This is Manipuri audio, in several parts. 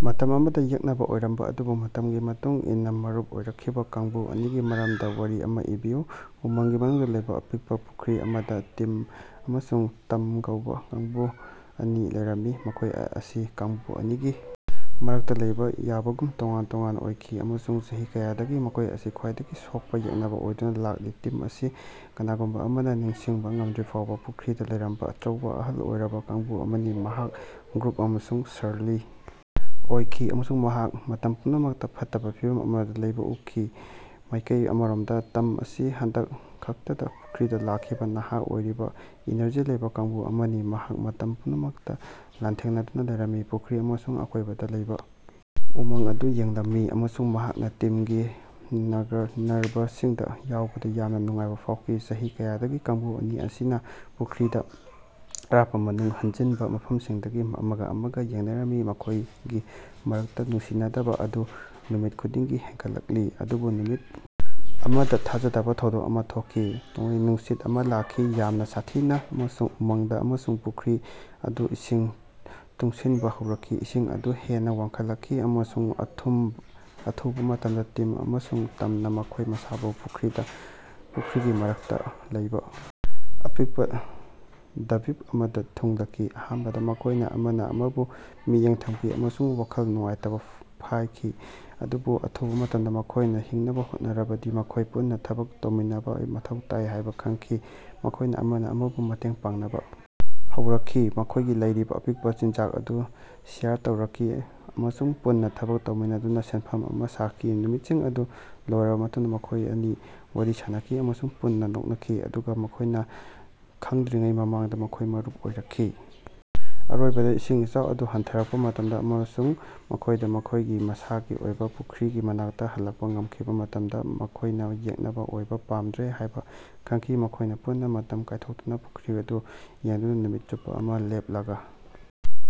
ꯃꯇꯝ ꯑꯃꯗ ꯌꯦꯛꯅꯕ ꯑꯣꯏꯔꯝꯕ ꯑꯗꯨꯕꯨ ꯃꯇꯝꯒꯤ ꯃꯇꯨꯡ ꯏꯟꯅ ꯃꯔꯨꯞ ꯑꯣꯏꯔꯛꯈꯤꯕ ꯀꯥꯡꯕꯨ ꯑꯅꯤꯒꯤ ꯃꯔꯝꯗ ꯋꯥꯔꯤ ꯑꯃ ꯏꯕꯤꯌꯨ꯫ ꯎꯃꯪꯒꯤ ꯃꯅꯨꯡꯗ ꯂꯩꯕ ꯑꯄꯤꯛꯄ ꯄꯨꯈ꯭ꯔꯤ ꯑꯃꯗ ꯇꯤꯝ ꯑꯃꯁꯨꯡ ꯇꯝ ꯀꯧꯕ ꯀꯥꯡꯕꯨ ꯑꯅꯤ ꯂꯩꯔꯝꯃꯤ꯫ ꯃꯈꯣꯏ ꯑꯁꯤ ꯀꯥꯡꯕꯨ ꯑꯅꯤꯒꯤ ꯃꯔꯛꯇ ꯂꯩꯕ ꯌꯥꯕꯒꯨꯝ ꯇꯣꯉꯥꯟ ꯇꯣꯉꯥꯟꯕ ꯑꯣꯏꯈꯤ, ꯑꯃꯁꯨꯡ ꯆꯍꯤ ꯀꯌꯥꯗꯒꯤ ꯃꯈꯣꯏ ꯑꯁꯤ ꯈ꯭ꯋꯥꯏꯗꯒꯤ ꯁꯣꯛꯄ ꯌꯦꯛꯅꯕ ꯑꯣꯏꯗꯨꯅ ꯂꯥꯛꯂꯤ꯫ ꯇꯤꯝ ꯑꯁꯤ ꯀꯅꯥꯒꯨꯝꯕ ꯑꯃꯅ ꯅꯤꯡꯁꯤꯡꯕ ꯉꯝꯗ꯭ꯔꯤꯐꯥꯎꯕ ꯄꯨꯈ꯭ꯔꯤꯗ ꯂꯩꯔꯝꯕ ꯑꯆꯧꯕ, ꯑꯍꯜ ꯑꯣꯏꯔꯕ ꯀꯥꯡꯕꯨ ꯑꯃꯅꯤ꯫ ꯃꯍꯥꯛ ꯒ꯭ꯔꯨꯐ ꯑꯃꯁꯨꯡ ꯁꯔꯂꯤ ꯑꯣꯏꯈꯤ, ꯑꯃꯁꯨꯡ ꯃꯍꯥꯛ ꯃꯇꯝ ꯄꯨꯝꯅꯃꯛꯇ‌ ꯐꯠꯇꯕ ꯐꯤꯚꯝ ꯑꯃꯗ ꯂꯩꯕ ꯎꯈꯤ꯫ ꯃꯥꯏꯀꯩ ꯑꯃꯔꯣꯝꯗ ꯇꯝ ꯑꯁꯤ ꯍꯟꯗꯛ ꯈꯛꯇꯗ ꯄꯨꯈ꯭ꯔꯤꯗ ꯂꯥꯛꯈꯤꯕ ꯅꯍꯥ ꯑꯣꯏꯔꯤꯕ, ꯏꯅꯔꯖꯤ ꯂꯩꯕ ꯀꯥꯡꯕꯨ ꯑꯃꯅꯤ꯫ ꯃꯍꯥꯛ ꯃꯇꯝ ꯄꯨꯝꯅꯃꯛꯇ ꯂꯥꯟꯊꯦꯡꯅꯗꯨꯅ ꯂꯩꯔꯝꯃꯤ, ꯄꯨꯈ꯭ꯔꯤ ꯑꯃꯁꯨꯡ ꯑꯀꯣꯏꯕꯗ ꯂꯩꯕ ꯎꯃꯪ ꯑꯗꯨ ꯌꯦꯡꯂꯝꯃꯤ, ꯑꯃꯁꯨꯡ ꯃꯍꯥꯛꯅ ꯇꯤꯝꯒꯤ ꯅꯔꯚꯁꯤꯡꯗ ꯌꯥꯎꯕꯗ ꯌꯥꯝꯅ ꯅꯨꯡꯉꯥꯏꯕ ꯐꯥꯎꯈꯤ꯫ ꯆꯍꯤ ꯀꯌꯥꯗꯒꯤ ꯀꯥꯡꯕꯨ ꯑꯅꯤ ꯑꯁꯤꯅ ꯄꯨꯈ꯭ꯔꯤꯒꯤ ꯑꯔꯥꯞꯄ ꯃꯅꯨꯡ ꯍꯟꯖꯤꯟꯕ ꯃꯐꯝꯁꯤꯡꯗꯒꯤ ꯑꯃꯒ ꯑꯃꯒ ꯌꯦꯡꯅꯔꯝꯃꯤ, ꯃꯈꯣꯏꯒꯤ ꯃꯔꯛꯇ ꯅꯨꯡꯁꯤꯅꯗꯕ ꯑꯗꯨ ꯅꯨꯃꯤꯠ ꯈꯨꯗꯤꯡꯒꯤ ꯍꯦꯟꯒꯠꯂꯛꯂꯤ꯫ ꯑꯗꯨꯕꯨ ꯅꯨꯃꯤꯠ ꯑꯃꯗ ꯊꯥꯖꯗꯕ ꯊꯧꯗꯣꯛ ꯑꯃ ꯊꯣꯛꯈꯤ꯫ ꯅꯣꯡꯂꯩ-ꯅꯨꯡꯁꯤꯠ ꯑꯃ ꯂꯥꯛꯈꯤ, ꯌꯥꯝꯅ ꯁꯥꯊꯤꯅ ꯑꯃꯁꯨꯡ ꯎꯃꯪꯗ, ꯑꯃꯁꯨꯡ ꯄꯨꯈ꯭ꯔꯤ ꯑꯗꯨ ꯏꯁꯤꯡ ꯇꯨꯡꯁꯤꯟꯕ ꯍꯧꯔꯛꯈꯤ꯫ ꯏꯁꯤꯡ ꯑꯗꯨ ꯍꯦꯟꯅ ꯋꯥꯡꯈꯠꯂꯛꯈꯤ, ꯑꯃꯁꯨꯡ ꯑꯊꯨꯝ ꯑꯊꯨꯕ ꯃꯇꯝꯗ ꯇꯤꯝ ꯑꯃꯁꯨꯡ ꯇꯝꯅ ꯃꯈꯣꯏ ꯃꯁꯥꯕꯨ ꯄꯨꯈ꯭ꯔꯤꯗ ꯄꯨꯈ꯭ꯔꯤꯒꯤ ꯃꯔꯛꯇ ꯂꯩꯕ ꯑꯄꯤꯛꯄ ꯗ꯭ꯕꯤꯞ ꯑꯃꯗ ꯊꯨꯡꯂꯈꯤ꯫ ꯑꯍꯥꯟꯕꯗ ꯃꯈꯣꯏꯅ ꯑꯃꯅ ꯑꯃꯕꯨ ꯃꯤꯠꯌꯦꯡ ꯊꯝꯈꯤ ꯑꯃꯁꯨꯡ ꯋꯥꯈꯜ ꯅꯨꯡꯉꯥꯏꯇꯕ ꯐꯥꯏꯈꯤ, ꯑꯗꯨꯕꯨ ꯑꯊꯨꯕ ꯃꯇꯝꯗ, ꯃꯈꯣꯏꯅ ꯍꯤꯡꯅꯕ ꯍꯣꯠꯅꯔꯕꯗꯤ ꯃꯈꯣꯏ ꯄꯨꯟꯅ ꯊꯕꯛ ꯇꯧꯃꯤꯟꯅꯕ ꯃꯊꯧ ꯇꯥꯏ ꯍꯥꯏꯕ‌ ꯈꯪꯈꯤ꯫ ꯃꯈꯣꯏꯅ ꯑꯃꯅ ꯑꯃꯕꯨ ꯃꯇꯦꯡ ꯄꯥꯡꯅꯕ ꯍꯧꯔꯛꯈꯤ, ꯃꯈꯣꯏꯒꯤ ꯂꯩꯔꯤꯕ ꯑꯄꯤꯛꯄ ꯆꯤꯟꯖꯥꯛ ꯑꯗꯨ ꯁꯦꯌꯔ ꯇꯧꯔꯛꯈꯤ ꯑꯃꯁꯨꯡ ꯄꯨꯟꯅ ꯊꯕꯛ ꯇꯧꯃꯤꯟꯅꯗꯨꯅ ꯁꯦꯟꯐꯝ ꯑꯃ ꯁꯥꯈꯤ꯫ ꯅꯨꯃꯤꯠꯁꯤꯡ ꯑꯗꯨ ꯂꯣꯏꯔꯕ ꯃꯇꯨꯡꯗ ꯃꯈꯣꯏ ꯑꯅꯤ ꯋꯥꯔꯤ ꯁꯥꯅꯈꯤ ꯑꯃꯁꯨꯡ ꯄꯨꯟꯅ ꯅꯣꯛꯅꯈꯤ꯫ ꯑꯗꯨꯒ ꯃꯈꯣꯏꯅ ꯈꯪꯗ꯭ꯔꯤꯉꯩ ꯃꯃꯥꯡꯗ ꯃꯈꯣꯏ ꯃꯔꯨꯞ ꯑꯣꯏꯔꯛꯈꯤ꯫ ꯑꯔꯣꯏꯕꯗ ꯏꯁꯤꯡ ꯏꯆꯥꯎ ꯑꯗꯨ ꯍꯟꯊꯔꯛꯄ ꯃꯇꯝꯗ, ꯑꯃꯁꯨꯡ ꯃꯈꯣꯏꯗ ꯃꯈꯣꯏꯒꯤ ꯃꯁꯥꯒꯤ ꯑꯣꯏꯕ ꯄꯨꯈ꯭ꯔꯤꯒꯤ ꯃꯅꯥꯛꯇ‌ ꯍꯜꯂꯛꯄ ꯉꯝꯈꯤꯕ ꯃꯇꯝꯗ, ꯃꯈꯣꯏꯅ ꯌꯦꯛꯅꯕ ꯑꯣꯏꯕ ꯄꯥꯝꯗ꯭ꯔꯦ ꯍꯥꯏꯕ ꯈꯪꯈꯤ꯫ ꯃꯈꯣꯏꯅ ꯄꯨꯟꯅ ꯃꯇꯝ ꯀꯥꯏꯊꯣꯛꯇꯨꯅ ꯄꯨꯈ꯭ꯔꯤ ꯑꯗꯨ ꯌꯦꯡꯗꯨꯅ ꯅꯨꯃꯤꯠ ꯆꯨꯞꯄ ꯑꯃ ꯂꯦꯞꯂꯒ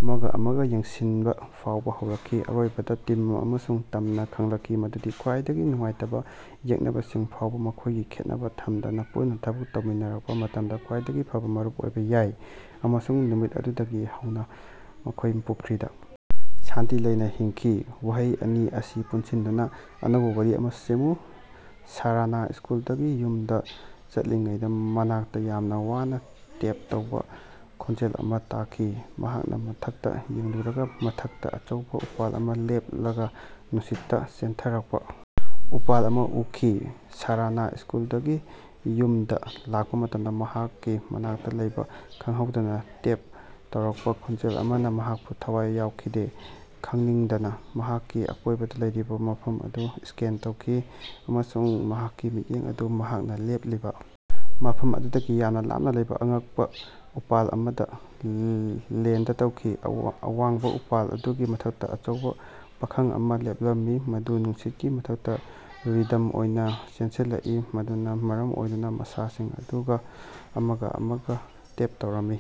ꯑꯃꯒ ꯑꯃꯒ ꯌꯦꯡꯁꯤꯟꯕ ꯐꯥꯎꯕ ꯍꯧꯔꯛꯈꯤ꯫ ꯑꯔꯣꯏꯕꯗ ꯇꯤꯝ ꯑꯃꯁꯨꯡ ꯇꯝꯅ ꯈꯪꯂꯛꯈꯤ ꯃꯗꯨꯗꯤ ꯈ꯭ꯋꯥꯏꯗꯒꯤ ꯅꯨꯡꯉꯥꯏꯇꯕ ꯌꯦꯛꯅꯕꯁꯤꯡ ꯐꯥꯎꯕ‌ ꯃꯈꯣꯏꯒꯤ ꯈꯦꯠꯅꯕ ꯊꯝꯗꯅ ꯄꯨꯟꯅ ꯊꯕꯛ ꯇꯧꯃꯤꯟꯅꯔꯛꯄ ꯃꯇꯝꯗ ꯈ꯭ꯋꯥꯏꯗꯒꯤ ꯐꯕ ꯃꯔꯨꯞ ꯑꯣꯏꯕ ꯌꯥꯏ꯫ ꯑꯃꯁꯨꯡ ꯅꯨꯃꯤꯠ ꯑꯗꯨꯗꯒꯤ ꯍꯧꯅ ꯃꯈꯣꯏ ꯄꯨꯈ꯭ꯔꯤꯗ ꯁꯥꯟꯇꯤ ꯂꯩꯅ ꯍꯤꯡꯈꯤ꯫ ꯋꯥꯍꯩ ꯑꯅꯤ ꯑꯁꯤ ꯄꯨꯟꯁꯤꯟꯗꯨꯅ ꯑꯅꯧꯕ ꯋꯥꯔꯤ ꯑꯃ‌ ꯁꯦꯝꯃꯨ꯫ ꯁꯥꯔꯥꯅ ꯁ꯭ꯀꯨꯜꯗꯒꯤ ꯌꯨꯝꯗ ꯆꯠꯂꯤꯉꯩꯗ ꯃꯅꯥꯛꯇ ꯌꯥꯝꯅ ꯋꯥꯅ ꯇꯦꯞ ꯇꯧꯕ ꯈꯣꯟꯖꯦꯜ ꯑꯃ ꯇꯥꯈꯤ꯫ ꯃꯍꯥꯛꯅ ꯃꯊꯛꯇ ꯌꯦꯡꯂꯨꯔꯒ ꯃꯊꯛꯇ ꯑꯆꯧꯕ ꯎꯄꯥꯜ ꯑꯃ ꯂꯦꯞꯂꯒ ꯅꯨꯡꯁꯤꯠꯇ ꯆꯦꯟꯊꯔꯛꯄ ꯎꯄꯥꯜ ꯑꯃ ꯎꯈꯤ꯫ ꯁꯥꯔꯥꯅ ꯁ꯭ꯀꯨꯜꯗꯒꯤ ꯌꯨꯝꯗ ꯂꯥꯛꯄ ꯃꯇꯝꯗ ꯃꯍꯥꯛꯀꯤ ꯃꯅꯥꯛꯇ ꯂꯩꯕ ꯈꯪꯍꯧꯗꯅ ꯇꯦꯞ ꯇꯧꯔꯛꯄ ꯈꯣꯟꯖꯦꯜ ꯑꯃꯅ ꯃꯍꯥꯛꯄꯨ ꯊꯋꯥꯏ ꯌꯥꯎꯈꯤꯗꯦ꯫ ꯈꯪꯅꯤꯡꯗꯅ ꯃꯍꯥꯛꯀꯤ ꯑꯀꯣꯏꯕꯗ ꯂꯩꯔꯤꯕ ꯃꯐꯝ ꯑꯗꯨ ꯁ꯭ꯀꯦꯟ ꯇꯧꯈꯤ ꯑꯃꯁꯨꯡ ꯃꯍꯥꯛꯀꯤ ꯃꯤꯠꯌꯦꯡ ꯑꯗꯨ ꯃꯍꯥꯛꯅ ꯂꯦꯞꯂꯤꯕ ꯃꯐꯝ ꯑꯗꯨꯗꯒꯤ ꯌꯥꯝꯅ ꯂꯥꯞꯅ ꯂꯩꯕ ꯑꯉꯛꯄ ꯎꯄꯥꯜ ꯑꯃꯗ ꯂꯦꯟꯗ ꯇꯧꯈꯤ꯫ ꯑꯋꯥꯡꯕ ꯎꯄꯥꯜ ꯑꯗꯨꯒꯤ ꯃꯊꯛꯇ ꯑꯆꯧꯕ ꯄꯥꯈꯪ ꯑꯃ ꯂꯦꯞꯂꯝꯃꯤ, ꯃꯗꯨ ꯅꯨꯡꯁꯤꯠꯀꯤ ꯃꯊꯛꯇ ꯔꯤꯗꯝ ꯑꯣꯏꯅ ꯆꯦꯟꯁꯤꯜꯂꯛꯏ, ꯃꯗꯨꯅ ꯃꯔꯝ ꯑꯣꯏꯗꯨꯅ ꯃꯁꯥꯁꯤꯡ ꯑꯗꯨꯒ ꯑꯃꯒ ꯑꯃꯒ ꯇꯦꯞ ꯇꯧꯔꯝꯃꯤ꯫